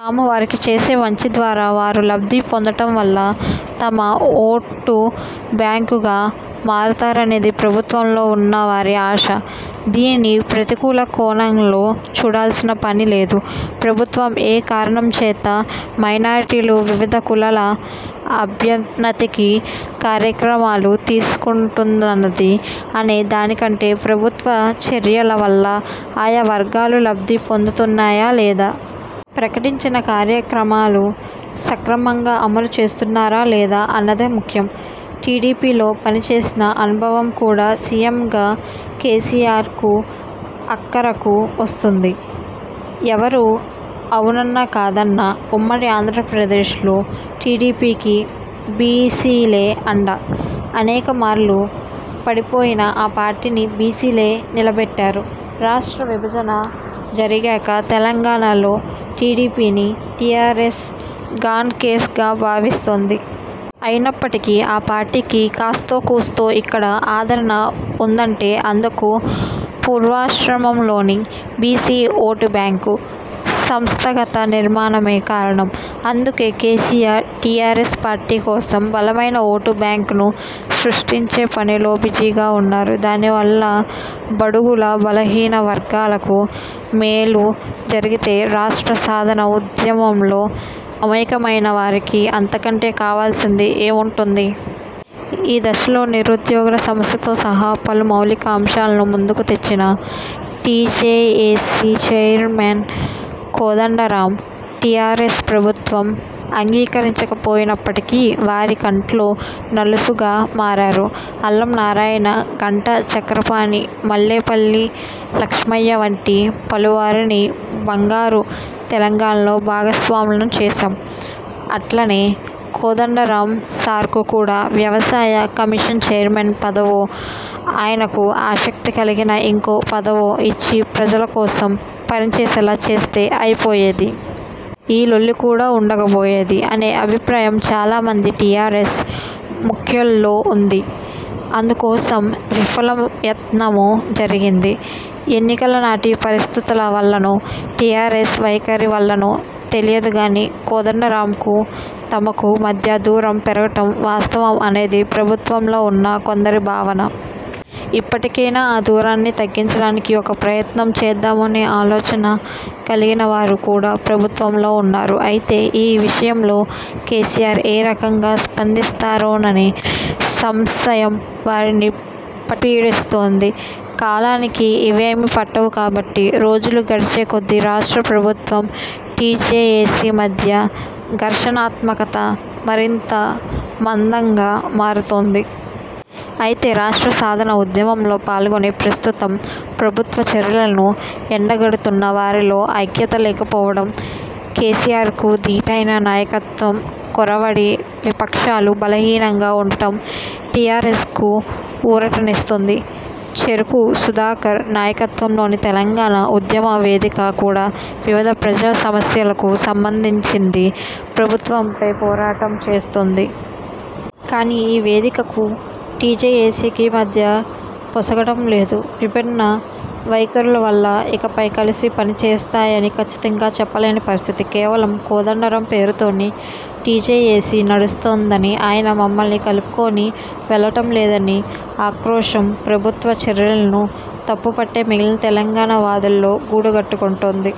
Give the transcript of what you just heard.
తాము వారికి చేసే మంచి ద్వారా వారు లబ్ధి పొందటం వల్ల తమ ఓటు బ్యాంకుగా మారుతారనేది ప్రభుత్వంలో ఉన్న వారి ఆశ. దీనిని ప్రతికూల కోణంలో చూడాల్సిన పని లేదు. ప్రభుత్వం ఏ కారణం చేత మైనార్టీలు, వివిధ కులాల అభ్యన్నతికి కార్యక్రమాలు తీసుకుంటున్నది అనే దానికంటే, ప్రభుత్వ చర్యల వల్ల ఆయా వర్గాలు లబ్ధి పొందుతున్నాయా లేదా? ప్రకటించిన కార్యక్రమాలు సక్రమంగా అమలు చేస్తున్నారా లేదా? అన్నదే ముఖ్యం. టీడీపీలో పనిచేసిన అనుభవం కూడా సీఎంగా కేసీఆర్కు అక్కరకు వస్తోంది. ఎవరు అవునన్నా కాదన్నా, ఉమ్మడి ఆంధ్రప్రదేశ్లో టీడీపీకి బీసీలే అండ. అనేకమార్లు పడిపోయిన ఆ పార్టీని బీసీలే నిలబెట్టారు. రాష్ట్ర విభజన జరిగాక తెలంగాణలో టీడీపీని టీఆర్ఎస్ 'గాన్ కేస్'గా భావిస్తోంది. అయినప్పటికీ, ఆ పార్టీకి కాస్తో కూస్తో ఇక్కడ ఆదరణ ఉందంటే, అందుకు పూర్వాశ్రమంలోని బీసీ ఓటు బ్యాంకు, సంస్థాగత నిర్మాణమే కారణం. అందుకే కేసీఆర్, టీఆర్ఎస్ పార్టీ కోసం బలమైన ఓటు బ్యాంకును సృష్టించే పనిలో బిజీగా ఉన్నారు. దాని వల్ల బడుగులు, బలహీన వర్గాలకు మేలు జరిగితే రాష్ట్ర సాధన ఉద్యమంలో మమేకమైన వారికి అంతకంటే కావాల్సింది ఏముంటుంది? ఈ దశలో నిరుద్యోగుల సమస్యతో సహా పలు మౌలిక అంశాలను ముందుకు తెచ్చిన టీజేఏసీ చైర్మన్ కోదండరాం టీఆర్ఎస్ ప్రభుత్వం అంగీకరించకపోయినప్పటికీ, వారి కంట్లో నలుసుగా మారారు. 'అల్లం నారాయణ, ఘంటా చక్రపాణి, మల్లేపల్లి లక్ష్మయ్య వంటి పలువురిని బంగారు తెలంగాణలో భాగస్వాములను చేశాం. అట్లనే కోదండరాం సార్కు కూడా వ్యవసాయ కమిషన్ చైర్మన్ పదవో ఆయనకు ఆసక్తి కలిగిన ఇంకో పదవో ఇచ్చి ప్రజల కోసం పనిచేసేలా చేస్తే అయిపోయేది. ఈ లొల్లి కూడా ఉండకపోయేది' అనే అభిప్రాయం చాలా మంది టీఆర్ఎస్ ముఖ్యుల్లో ఉంది. అందుకోసం విఫలయత్నమూ జరిగింది. ఎన్నికల నాటి పరిస్థితుల వల్లనో, కేసీఆర్ వైఖరి వల్లనో తెలియదు గానీ, కోదండరాంకూ తమకూ మధ్య దూరం పెరగటం వాస్తవం అనేది ప్రభుత్వంలో ఉన్న కొందరి భావన. ఇప్పటికైనా ఆ దూరాన్ని తగ్గించటానికి ఒక ప్రయత్నం చేద్దామనే ఆలోచన కలిగిన వారు కూడా ప్రభుత్వంలో ఉన్నారు. అయితే ఈ విషయంలో కేసీఆర్ ఏ రకంగా స్పందిస్తారోననే సంశయం వారిని పట్టిపీడిస్తోంది. కాలానికి ఇవేవీ పట్టవు కాబట్టి, రోజులు గడిచే కొద్దీ రాష్ట్ర ప్రభుత్వం, టీజేఏసీ మధ్య ఘర్షణాత్మకత మరింత మందంగా మారుతోంది. అయితే రాష్ట్ర సాధన ఉద్యమంలో పాల్గొని, ప్రస్తుతం ప్రభుత్వ చర్యలను ఎండగడుతున్న వారిలో ఐక్యత లేకపోవటం, కేసీఆర్కు ధీటైన నాయకత్వం కొరవడి విపక్షాలు బలహీనంగా ఉండటం టీఆర్ఎస్కు ఊరటనిస్తోంది. చెరుకు సుధాకర్ నాయకత్వంలోని తెలంగాణ ఉద్యమ వేదిక కూడా వివిధ ప్రజా సమస్యలకు సంబంధించి ప్రభుత్వంపై పోరాటం చేస్తోంది. కానీ ఈ వేదికకూ, టీజేఏసీకీ మధ్య పొసగటం లేదు. విభిన్న వైఖరుల వల్ల ఇకపై కలిసి పనిచేస్తాయని కచ్చితంగా చెప్పలేని పరిస్థితి. కేవలం కోదండరాం పేరుతోనే టీజేఏసీ నడుస్తోందనీ, ఆయన మమ్మల్ని కలుపుకొని వెళ్లటంలేదనే ఆక్రోశం ప్రభుత్వ చర్యలను తప్పుపట్టే మిగిలిన తెలంగాణ వాదుల్లో గూడుకట్టుకుంటోంది.